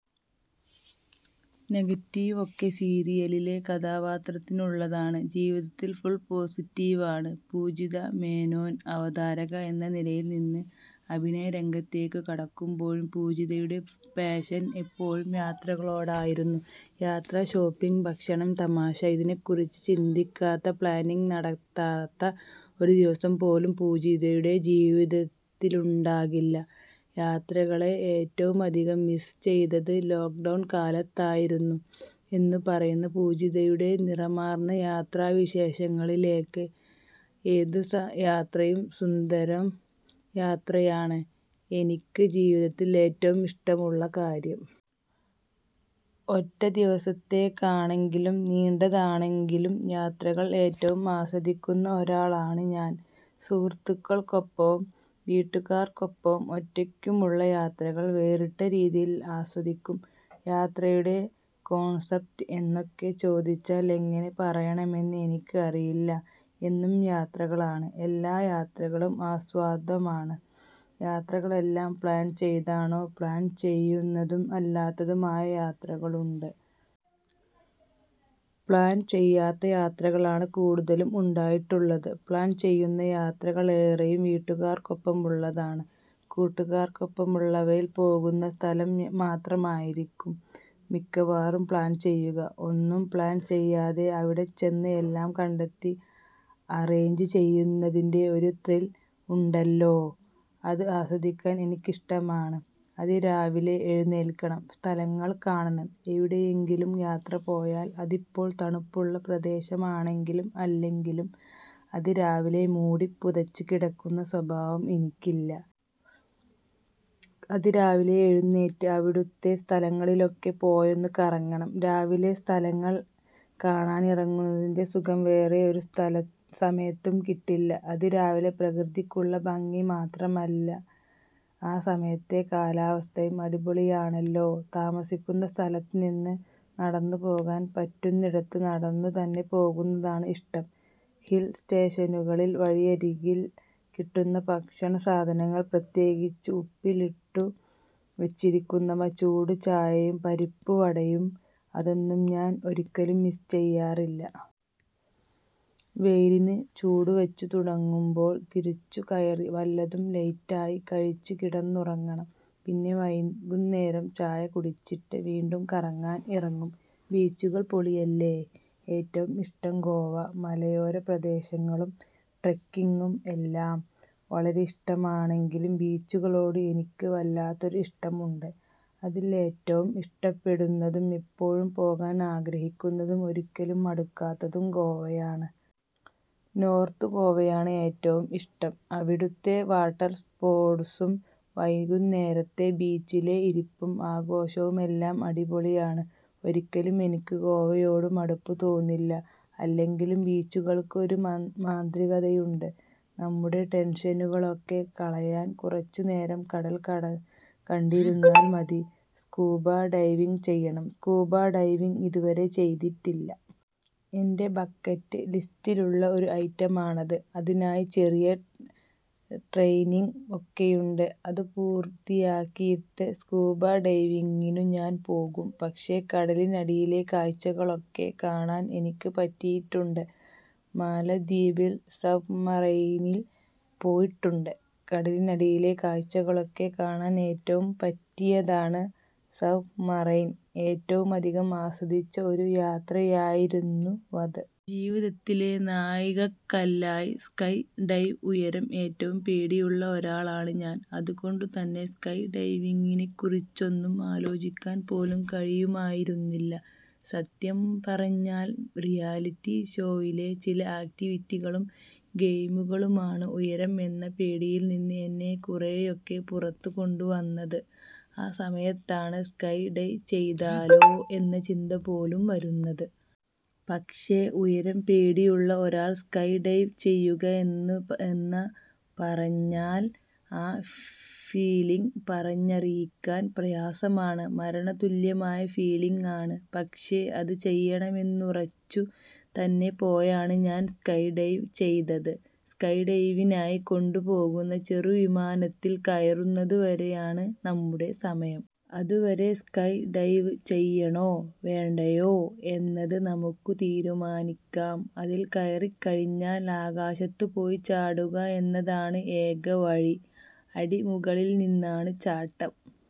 നെഗറ്റീവൊക്കെ സീരിയലിലെ കഥാപാത്രത്തിനുള്ളതാണ്. ജീവിതത്തിൽ ഫുൾ പോസിറ്റീവാണ് പൂജിത മേനോൻ. അവതാരക എന്ന നിലയിൽനിന്ന് അഭിനയരംഗത്തേക്കു കടക്കുമ്പോഴും പൂജിതയുടെ പാഷൻ എപ്പോഴും യാത്രകളോടായിരുന്നു. യാത്ര, ഷോപ്പിങ്, ഭക്ഷണം, തമാശ ഇതിനെക്കുറിച്ച് ചിന്തിക്കാത്ത, പ്ലാനിങ് നടത്താത്ത ഒരു ദിവസം പോലും പൂജിതയുടെ ജീവിതത്തിലുണ്ടാകില്ല. യാത്രകളെ ഏറ്റവുമധികം മിസ്സ് ചെയ്തത് ലോക്ഡൗൺ കാലത്തായിരുന്നു എന്നുപറയുന്ന പൂജിതയുടെ, നിറമാർന്ന യാത്രാവിശേഷങ്ങളിലേക്ക് ഏതു യാത്രയും സുന്ദരം യാത്രയാണ് എനിക്ക് ജീവിതത്തിൽ ഏറ്റവും ഇഷ്ടമുള്ള കാര്യം. ഒറ്റ ദിവസത്തേക്കാണെങ്കിലും നീണ്ടതാണെങ്കിലും യാത്രകൾ ഏറ്റവും ആസ്വദിക്കുന്ന ഒരാളാണ് ഞാൻ. സുഹൃത്തുക്കൾക്കൊപ്പവും വീട്ടുകാർക്കൊപ്പവും ഒറ്റയ്ക്കുമുള്ള യാത്രകൾ വേറിട്ട രീതിയിൽ ആസ്വദിക്കും. യാത്രയുടെ കോൺസപ്റ്റ് എന്നൊക്കെ ചോദിച്ചാൽ എങ്ങനെ പറയണമെന്ന് എനിക്ക് അറിയില്ല. എന്നും യാത്രകളാണ്, എല്ലാ യാത്രകളും ആസ്വാദ്യമാണ്. യാത്രകളെല്ലാം പ്ലാൻ ചെയ്താണോ? പ്ലാൻ ചെയ്യുന്നതും അല്ലാത്തതുമായ യാത്രകളുണ്ട്. പ്ലാൻ ചെയ്യാത്ത യാത്രകളാണ് കൂടുതലും ഉണ്ടായിട്ടുള്ളത്. പ്ലാൻ ചെയ്യുന്ന യാത്രകളേറെയും വീട്ടുകാർക്കൊപ്പമുള്ളതാണ്. കൂട്ടുകാർക്കൊപ്പമുള്ളവയിൽ പോകുന്ന സ്ഥലം മാത്രമായിരിക്കും മിക്കവാറും പ്ലാൻ ചെയ്യുക. ഒന്നും പ്ലാൻ ചെയ്യാതെ അവിടെച്ചെന്ന് എല്ലാം കണ്ടെത്തി അറേഞ്ച് ചെയ്യുന്നതിന്റെ ഒരു ത്രിൽ ഉണ്ടല്ലോ അത് ആസ്വദിക്കാൻ എനിക്കിഷ്ടമാണ്. അതിരാവിലെ എഴുന്നേൽക്കണം, സ്ഥലങ്ങൾ കാണണം എവിടെയെങ്കിലും യാത്ര പോയാൽ, അതിപ്പോൾ തണുപ്പുള്ള പ്രദേശമാണെങ്കിലും അല്ലെങ്കിലും അതിരാവിലെ മൂടിപ്പുതച്ച് കിടക്കുന്ന സ്വഭാവം എനിക്കില്ല. അതിരാവിലെ എഴുന്നേറ്റ് അവിടുത്തെ സ്ഥലങ്ങളിലൊക്കെ പോയൊന്ന് കറങ്ങണം. രാവിലെ സ്ഥലങ്ങൾ കാണാനിറങ്ങുന്നതിന്റെ സുഖം വേറേ ഒരു സമയത്തും കിട്ടില്ല. അതിരാവിലെ പ്രകൃതിക്കുള്ള ഭംഗി മാത്രമല്ല, ആ സമയത്തെ കാലാവസ്ഥയും അടിപൊളിയാണല്ലോ. താമസിക്കുന്ന സ്ഥലത്തുനിന്ന് നടന്നു പോകാൻ പറ്റുന്നിടത്ത് നടന്നു തന്നെ പോകുന്നതാണ് ഇഷ്ടം. ഹിൽ സ്റ്റേഷനുകളിൽ വഴിയരികിൽ കിട്ടുന്ന ഭക്ഷണസാധനങ്ങൾ, പ്രത്യേകിച്ച് ഉപ്പിലിട്ടു വച്ചിരിക്കുന്നവ, ചൂട് ചായയും പരിപ്പുവടയും അതൊന്നും ഞാൻ ഒരിക്കലും മിസ് ചെയ്യാറില്ല. വെയിലിന് ചൂട് വച്ചു തുടങ്ങുമ്പോൾ തിരിച്ചു കയറി വല്ലതും ലൈറ്റായി കഴിച്ച് കിടന്നുറങ്ങണം. പിന്നെ വൈകുന്നേരം ചായ കുടിച്ചിട്ട് വീണ്ടും കറങ്ങാൻ ഇറങ്ങും. ബീച്ചുകൾ പൊളിയല്ലേ! ഏറ്റവും ഇഷ്ടം ഗോവ മലയോര പ്രദേശങ്ങളും ട്രെക്കിങ്ങും എല്ലാം വളരെയിഷ്ടമാണെങ്കിലും ബീച്ചുകളോട് എനിക്ക് വല്ലാത്തൊരു ഇഷ്ടമുണ്ട്. അതിൽ ഏറ്റവും ഇഷ്ടപ്പെടുന്നതും എപ്പോഴും പോകാൻ ആഗ്രഹിക്കുന്നതും ഒരിക്കലും മടുക്കാത്തതും ഗോവയാണ്. നോർത്ത് ഗോവയാണ് ഏറ്റവും ഇഷ്ടം. അവിടുത്തെ വാട്ടർ സ്പോട്സും വൈകുന്നേരത്തെ ബീച്ചിലെ ഇരിപ്പും ആഘോഷവുമെല്ലാം അടിപൊളിയാണ്. ഒരിക്കലും എനിക്ക് ഗോവയോടു മടുപ്പ് തോന്നില്ല. അല്ലെങ്കിലും ബീച്ചുകൾക്ക് ഒരു മാന്ത്രികതയുണ്ട്. നമ്മുടെ ടെൻഷനുകളൊക്കെ കളയാൻ കുറച്ചു നേരം കടൽ കണ്ടിരുന്നാൽ മതി. സ്കൂബ ഡൈവിങ് ചെയ്യണം സ്കൂബ ഡൈവിങ് ഇതുവരെ ചെയ്തിട്ടില്ല. എന്റെ ബക്കറ്റ് ലിസ്റ്റിലുള്ള ഒരു ഐറ്റമാണത്. അതിനായി ചെറിയ ട്രെയ്നിങ് ഒക്കെയുണ്ട്. അതു പൂർത്തിയാക്കിയിട്ട് സ്കൂബ ഡൈവിങ്ങിനു ഞാൻ പോകും. പക്ഷേ കടലിനടിയിലെ കാഴ്ചകളൊക്കെ കാണാൻ എനിക്ക് പറ്റിയിട്ടുണ്ട്. മാലദ്വീപിൽ സബ്മറൈനിൽ പോയിട്ടുണ്ട്. കടലിനടിയിലെ കാഴ്ചകളൊക്കെ കാണാൻ ഏറ്റവും പറ്റിയതാണ് സബ്മറൈൻ. ഏറ്റവുമധികം ആസ്വദിച്ച ഒരു യാത്രയായിരുന്നുവത്. ജീവിതത്തിലെ നാഴികക്കല്ലായി സ്കൈ ഡൈവ് ഉയരം ഏറ്റവും പേടിയുള്ള ഒരാളാണ് ഞാൻ അതുകൊണ്ടുതന്നെ സ്കൈ ഡൈവിങ്ങിനെക്കുറിച്ചൊന്നും ആലോചിക്കാൻ പോലും കഴിയുമായിരുന്നില്ല. സത്യം പറഞ്ഞാൽ റിയാലിറ്റി ഷോയിലെ ചില ആക്ടിവിറ്റികളും ഗെയിമുകളുമാണ് ഉയരം എന്ന പേടിയിൽനിന്ന് എന്നെ കുറേയൊക്കെ പുറത്തു കൊണ്ടുവന്നത്. ആ സമയത്താണ് സ്കൈ ഡൈ ചെയ്താലോ എന്ന ചിന്ത പോലും വരുന്നത്. പക്ഷേ ഉയരം പേടിയുള്ള ഒരാൾ സ്കൈ ഡൈവ് ചെയ്യുക എന്ന പറഞ്ഞാൽ ആ ഫീലിങ് പറഞ്ഞറിയിക്കാൻ പ്രയാസമാണ്. മരണതുല്യമായ ഫീലീങ് ആണ്. പക്ഷേ അത് ചെയ്യണമെന്നുറച്ചു തന്നെ പോയാണ് ഞാൻ സ്കൈ ഡൈവ് ചെയ്തത്. സ്കൈ ഡൈവിനായി കൊണ്ടു പോകുന്ന ചെറുവിമാനത്തിൽ കയറുന്നതു വരെയാണ് നമ്മുടെ സമയം. അതുവരെ സ്കൈ ഡൈവ് ചെയ്യണോ വേണ്ടയോ എന്നത് നമുക്കു തീരുമാനിക്കാം. അതിൽ കയറിക്കഴിഞ്ഞാൽ ആകാശത്തു പോയി ചാടുക എന്നതാണ് ഏക വഴി. അടി മുകളിൽ നിന്നാണ് ചാട്ടം.